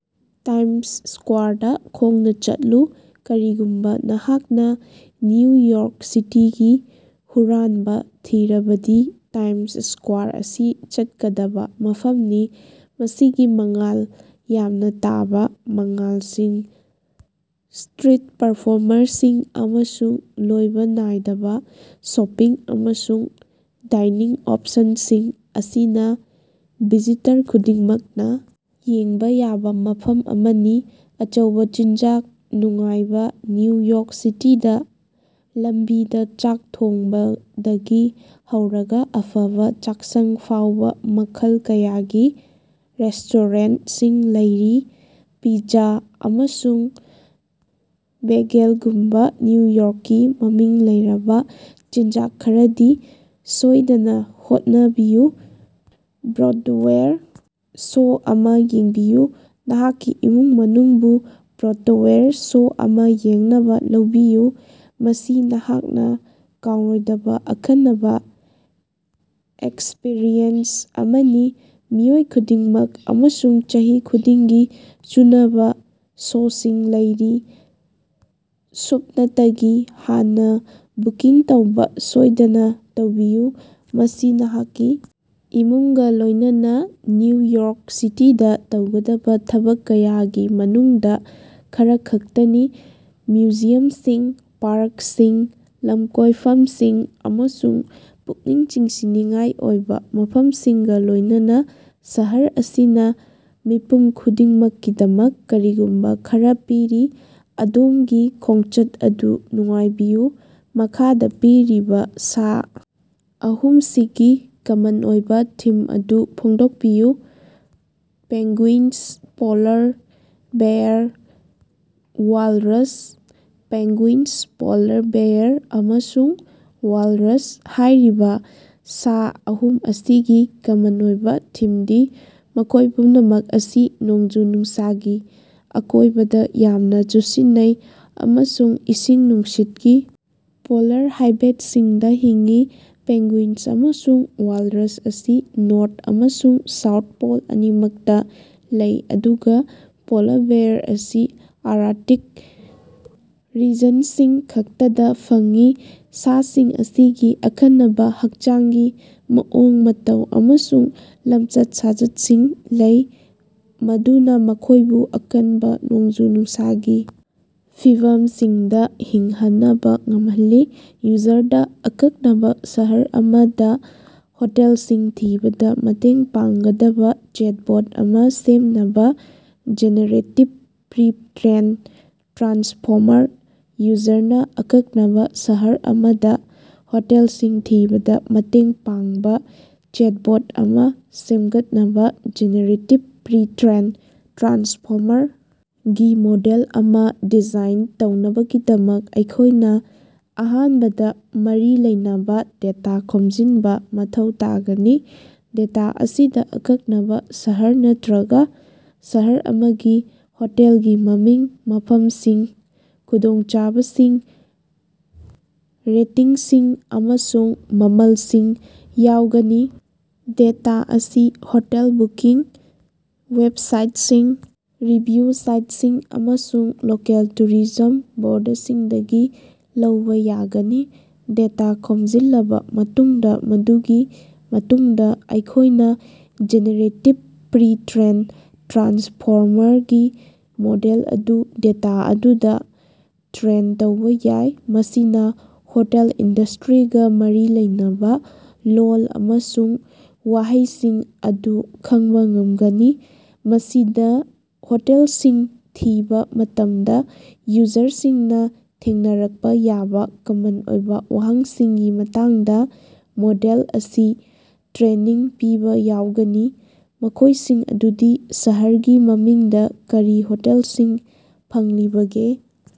Times ꯁ꯭ꯀꯋꯥꯔꯗ ꯈꯣꯡꯅ ꯆꯠꯂꯨ꯫ ꯀꯔꯤꯒꯨꯝꯕ ꯅꯍꯥꯛꯅ ꯅ꯭ꯌꯨ ꯌꯣꯔꯛ ꯁꯤꯇꯤꯒꯤ ꯍꯨꯔꯥꯟꯕ ꯊꯤꯔꯕꯗꯤ ꯇꯥꯏꯝꯁ ꯁ꯭ꯀꯋꯥꯔ ꯑꯁꯤ ꯆꯠꯀꯗꯕ ꯃꯐꯝꯅꯤ꯫ ꯃꯁꯤꯒꯤ ꯃꯉꯥꯜ ꯌꯥꯝꯅ ꯇꯥꯕ ꯃꯉꯥꯜꯁꯤꯡ, ꯁ꯭ꯇꯔꯤꯠ ꯄꯔꯐꯣꯔꯃꯔꯁꯤꯡ ꯑꯃꯁꯨꯡ ꯂꯣꯏꯕ ꯅꯥꯏꯗꯕ ꯁꯣꯄꯤꯡ ꯑꯃꯁꯨꯡ ꯗꯥꯏꯅꯤꯡ ꯑꯣꯞꯁꯟꯁꯤꯡ ꯑꯁꯤꯅ ꯚꯤꯖꯤꯇꯔ ꯈꯨꯗꯤꯡꯃꯛꯅ ꯌꯦꯡꯕ ꯌꯥꯕ ꯃꯐꯝ ꯑꯃꯅꯤ꯫ ꯑꯆꯧꯕ ꯆꯤꯟꯖꯥꯛ ꯅꯨꯡꯉꯥꯏꯕ: ꯅ꯭ꯌꯨ ꯌꯣꯔꯛ ꯁꯤꯇꯤꯗ ꯂꯝꯕꯤꯗ ꯆꯥꯛ ꯊꯣꯡꯕꯗꯒꯤ ꯍꯧꯔꯒ ꯑꯐꯕ ꯆꯥꯛꯁꯪ ꯐꯥꯎꯕ ꯃꯈꯜ ꯀꯌꯥꯒꯤ ꯔꯦꯁ꯭ꯇꯣꯔꯦꯟꯠꯁꯤꯡ ꯂꯩꯔꯤ꯫ ꯄꯤꯖ꯭ꯖꯥ ꯑꯃꯁꯨꯡ ꯕꯦꯒꯦꯜꯒꯨꯝꯕ ꯅ꯭ꯌꯨ ꯌꯣꯔꯛꯀꯤ ꯃꯃꯤꯡ ꯂꯩꯔꯕ ꯆꯤꯟꯖꯥꯛ ꯈꯔꯗꯤ ꯁꯣꯏꯗꯅ ꯍꯣꯠꯅꯕꯤꯌꯨ꯫ ꯕ꯭ꯔꯣꯗꯋꯦꯌꯔ ꯁꯣ ꯑꯃ ꯌꯦꯡꯕꯤꯌꯨ: ꯅꯍꯥꯛꯀꯤ ꯏꯃꯨꯡ ꯃꯅꯨꯡꯕꯨ ꯕ꯭ꯔꯣꯗꯋꯦꯌꯔ ꯁꯣ ꯑꯃ ꯌꯦꯡꯅꯕ ꯂꯧꯕꯤꯌꯨ, ꯃꯁꯤ ꯅꯍꯥꯛꯅ ꯀꯥꯎꯔꯣꯏꯗꯕ ꯑꯈꯟꯅꯕ ꯑꯦꯛꯁꯄꯔꯤꯌꯦꯟꯁ ꯑꯃꯅꯤ꯫ ꯃꯤꯑꯣꯏ ꯈꯨꯗꯤꯡꯃꯛ ꯑꯃꯁꯨꯡ ꯆꯍꯤ ꯈꯨꯗꯤꯡꯒꯤ ꯆꯨꯅꯕ ꯁꯣꯁꯤꯡ ꯂꯩꯔꯤ, ꯁꯨꯞꯅꯇꯒꯤ ꯍꯥꯟꯅ ꯕꯨꯀꯤꯡ ꯇꯧꯕ ꯁꯣꯏꯗꯅ ꯇꯧꯕꯤꯌꯨ꯫ ꯃꯁꯤ ꯅꯍꯥꯛꯀꯤ ꯏꯃꯨꯡꯒ ꯂꯣꯏꯅꯅ ꯅ꯭ꯌꯨ ꯌꯣꯔꯛ ꯁꯤꯇꯤꯗ ꯇꯧꯒꯗꯕ ꯊꯕꯛ ꯀꯌꯥꯒꯤ ꯃꯅꯨꯡꯗ ꯈꯔꯈꯛꯇꯅꯤ꯫ ꯃ꯭ꯌꯨꯖꯤꯌꯝꯁꯤꯡ, ꯄꯥꯔꯛꯁꯤꯡ, ꯂꯝꯀꯣꯏꯐꯝꯁꯤꯡ ꯑꯃꯁꯨꯡ ꯄꯨꯛꯅꯤꯡ ꯆꯤꯡꯁꯤꯟꯅꯤꯡꯉꯥꯏ ꯑꯣꯏꯕ ꯃꯐꯝꯁꯤꯡꯒ ꯂꯣꯏꯅꯅ ꯁꯍꯔ ꯑꯁꯤꯅ ꯃꯤꯄꯨꯝ ꯈꯨꯗꯤꯡꯃꯛꯀꯤꯗꯃꯛ ꯀꯔꯤꯒꯨꯝꯕ ꯈꯔ ꯄꯤꯔꯤ꯫ ꯑꯗꯣꯝꯒꯤ ꯈꯣꯡꯆꯠ ꯑꯗꯨ ꯅꯨꯡꯉꯥꯏꯕꯤꯌꯨ꯫ ꯃꯈꯥꯗ ꯄꯤꯔꯤꯕ ꯁꯥ ꯑꯍꯨꯝ ꯑꯁꯤꯒꯤ ꯀꯃꯟ ꯑꯣꯏꯕ ꯊꯤꯝ ꯑꯗꯨ ꯐꯣꯡꯗꯣꯛꯄꯤꯌꯨ꯫ Penguin, polar bear, walrus. Penguin, polar bear ꯑꯃꯁꯨꯡ ꯋꯥꯂꯔꯁ ꯍꯥꯏꯔꯤꯕ ꯁꯥ ꯑꯍꯨꯝ ꯑꯁꯤꯒꯤ ꯀꯃꯟ ꯑꯣꯏꯕ ꯊꯤꯝꯗꯤ ꯃꯈꯣꯏ ꯄꯨꯝꯅꯃꯛ ꯑꯁꯤ ꯅꯣꯡꯖꯨ-ꯅꯨꯡꯁꯥꯒꯤ ꯑꯀꯣꯏꯕꯗ ꯌꯥꯝꯅ ꯆꯨꯁꯤꯟꯅꯩ ꯑꯃꯁꯨꯡ ꯏꯁꯤꯡ ꯅꯨꯡꯁꯤꯠꯀꯤ, ꯄꯣꯂꯥꯔ ꯍꯥꯏꯕꯦꯠꯁꯤꯡꯗ ꯍꯤꯡꯏ꯫ ꯄꯦꯡꯒꯨꯏꯟ ꯑꯃꯁꯨꯡ ꯋꯥꯜꯔꯁ ꯑꯁꯤ ꯅꯣꯔꯊ ꯑꯃꯁꯨꯡ ꯁꯥꯎꯊ ꯄꯣꯜ ꯑꯅꯤꯃꯛꯇ ꯂꯩ, ꯑꯗꯨꯒ ꯄꯣꯂꯥꯔ ꯕꯦꯌꯥꯔ ꯑꯁꯤ ꯑꯥꯔꯛꯇꯤꯛ ꯔꯤꯖꯟꯁꯤꯡ ꯈꯛꯇꯗ ꯐꯪꯏ꯫ ꯁꯥꯁꯤꯡ ꯑꯁꯤꯒꯤ ꯑꯈꯟꯅꯕ ꯍꯛꯆꯥꯡꯒꯤ ꯃꯑꯣꯡ-ꯃꯇꯧ ꯑꯃꯁꯨꯡ ꯂꯝꯆꯠ-ꯁꯥꯖꯠꯁꯤꯡ ꯂꯩ, ꯃꯗꯨꯅ ꯃꯈꯣꯏꯕꯨ ꯑꯀꯟꯕ, ꯅꯣꯡꯖꯨ-ꯅꯨꯡꯁꯥꯒꯤ ꯐꯤꯚꯝꯁꯤꯡꯗ ꯍꯤꯡꯍꯅꯕ ꯉꯝꯍꯜꯂꯤ꯫ ꯌꯨꯖꯔꯗ ꯑꯀꯛꯅꯕ ꯁꯍꯔ ꯑꯃꯗ ꯍꯣꯇꯦꯜꯁꯤꯡ ꯊꯤꯕꯗ ꯃꯇꯦꯡ ꯄꯥꯡꯒꯗꯕ ꯆꯦꯠꯕꯣꯠ ꯑꯃ ꯁꯦꯝꯅꯕ ꯖꯦꯅꯦꯔꯦꯇꯤꯕ ꯄ꯭ꯔꯤ- ꯇ꯭ꯔꯦꯟ ꯇ꯭ꯔꯥꯟꯁꯐꯣꯔꯃꯔ ꯌꯨꯖꯔꯅ ꯑꯀꯛꯅꯕ ꯁꯍꯔ ꯑꯃꯗ ꯍꯣꯇꯦꯜꯁꯤꯡ ꯊꯤꯕꯗ ꯃꯇꯦꯡ ꯄꯥꯡꯕ ꯆꯦꯠꯕꯣꯠ ꯑꯃ ꯁꯦꯝꯒꯠꯅꯕ ꯖꯦꯅꯦꯔꯦꯇꯤꯕ ꯄ꯭ꯔꯤ- ꯇ꯭ꯔꯦꯟ ꯇ꯭ꯔꯥꯟꯁꯐꯣꯔꯃꯔ ꯒꯤ ꯃꯣꯗꯦꯜ ꯑꯃ ꯗꯤꯖꯥꯏꯟ ꯇꯧꯅꯕꯒꯤꯗꯃꯛ ꯑꯩꯈꯣꯏꯅ ꯑꯍꯥꯟꯕꯗ ꯃꯔꯤ ꯂꯩꯅꯕ ꯗꯦꯇꯥ ꯈꯣꯝꯖꯤꯟꯕ ꯃꯊꯧ ꯇꯥꯒꯅꯤ꯫ ꯗꯦꯇꯥ ꯑꯁꯤꯗ ꯑꯀꯛꯅꯕ ꯁꯍꯔ ꯅꯠꯇ꯭ꯔꯒ ꯁꯍꯔ ꯑꯃꯒꯤ ꯍꯣꯇꯦꯜꯒꯤ ꯃꯃꯤꯡ, ꯃꯐꯝꯁꯤꯡ, ꯈꯨꯗꯣꯡꯆꯥꯕꯁꯤꯡ, ꯔꯦꯇꯤꯡꯁꯤꯡ, ꯑꯃꯁꯨꯡ ꯃꯃꯜꯁꯤꯡ ꯌꯥꯎꯒꯅꯤ꯫ ꯗꯦꯇꯥ ꯑꯁꯤ ꯍꯣꯇꯦꯜ ꯕꯨꯀꯤꯡ ꯋꯦꯕꯁꯥꯏꯠꯁꯤꯡ, ꯔꯤꯚꯤꯌꯨ ꯁꯥꯏꯠꯁꯤꯡ, ꯑꯃꯁꯨꯡ ꯂꯣꯀꯦꯜ ꯇꯨꯔꯤꯖꯝ ꯕꯣꯔꯗꯁꯤꯡꯗꯒꯤ ꯂꯧꯕ ꯌꯥꯒꯅꯤ꯫ ꯗꯦꯇꯥ ꯈꯣꯝꯖꯤꯜꯂꯕ ꯃꯇꯨꯡꯗ, ꯃꯗꯨꯒꯤ ꯃꯇꯨꯡꯗ ꯑꯩꯈꯣꯏꯅ ꯖꯦꯅꯦꯔꯦꯇꯤꯕ ꯄ꯭ꯔꯤ- ꯇ꯭ꯔꯦꯟ ꯇ꯭ꯔꯥꯟꯁꯐꯣꯔꯃꯔ ꯒꯤ ꯃꯣꯗꯦꯜ ꯑꯗꯨ ꯗꯦꯇꯥ ꯑꯗꯨꯗ ꯇ꯭ꯔꯦꯟ ꯇꯧꯕ ꯌꯥꯏ, ꯃꯁꯤꯅ ꯍꯣꯇꯦꯜ ꯏꯟꯗꯁꯇ꯭ꯔꯤꯒ ꯃꯔꯤ ꯂꯩꯅꯕ ꯂꯣꯜ ꯑꯃꯁꯨꯡ ꯋꯥꯍꯩꯁꯤꯡ ꯑꯗꯨ ꯈꯪꯕ ꯉꯝꯒꯅꯤ꯫ ꯃꯁꯤꯗ ꯍꯣꯇꯦꯜꯁꯤꯡ ꯊꯤꯕ ꯃꯇꯝꯗ ꯌꯨꯖꯔꯁꯤꯡꯅ ꯊꯦꯡꯅꯔꯛꯄ ꯌꯥꯕ ꯀꯃꯟ ꯑꯣꯏꯕ ꯋꯥꯍꯪꯁꯤꯡꯒꯤ ꯃꯇꯥꯡꯗ ꯃꯣꯗꯦꯜ ꯑꯁꯤ ꯇ꯭ꯔꯦꯅꯤꯡ ꯄꯤꯕ ꯌꯥꯎꯒꯅꯤ, ꯃꯈꯣꯏꯁꯤꯡ ꯑꯗꯨꯗꯤ: ꯁꯍꯔꯒꯤ ꯃꯃꯤꯡ ꯗ ꯀꯔꯤ ꯍꯣꯇꯦꯜꯁꯤꯡ ꯐꯪꯂꯤꯕꯒꯦ?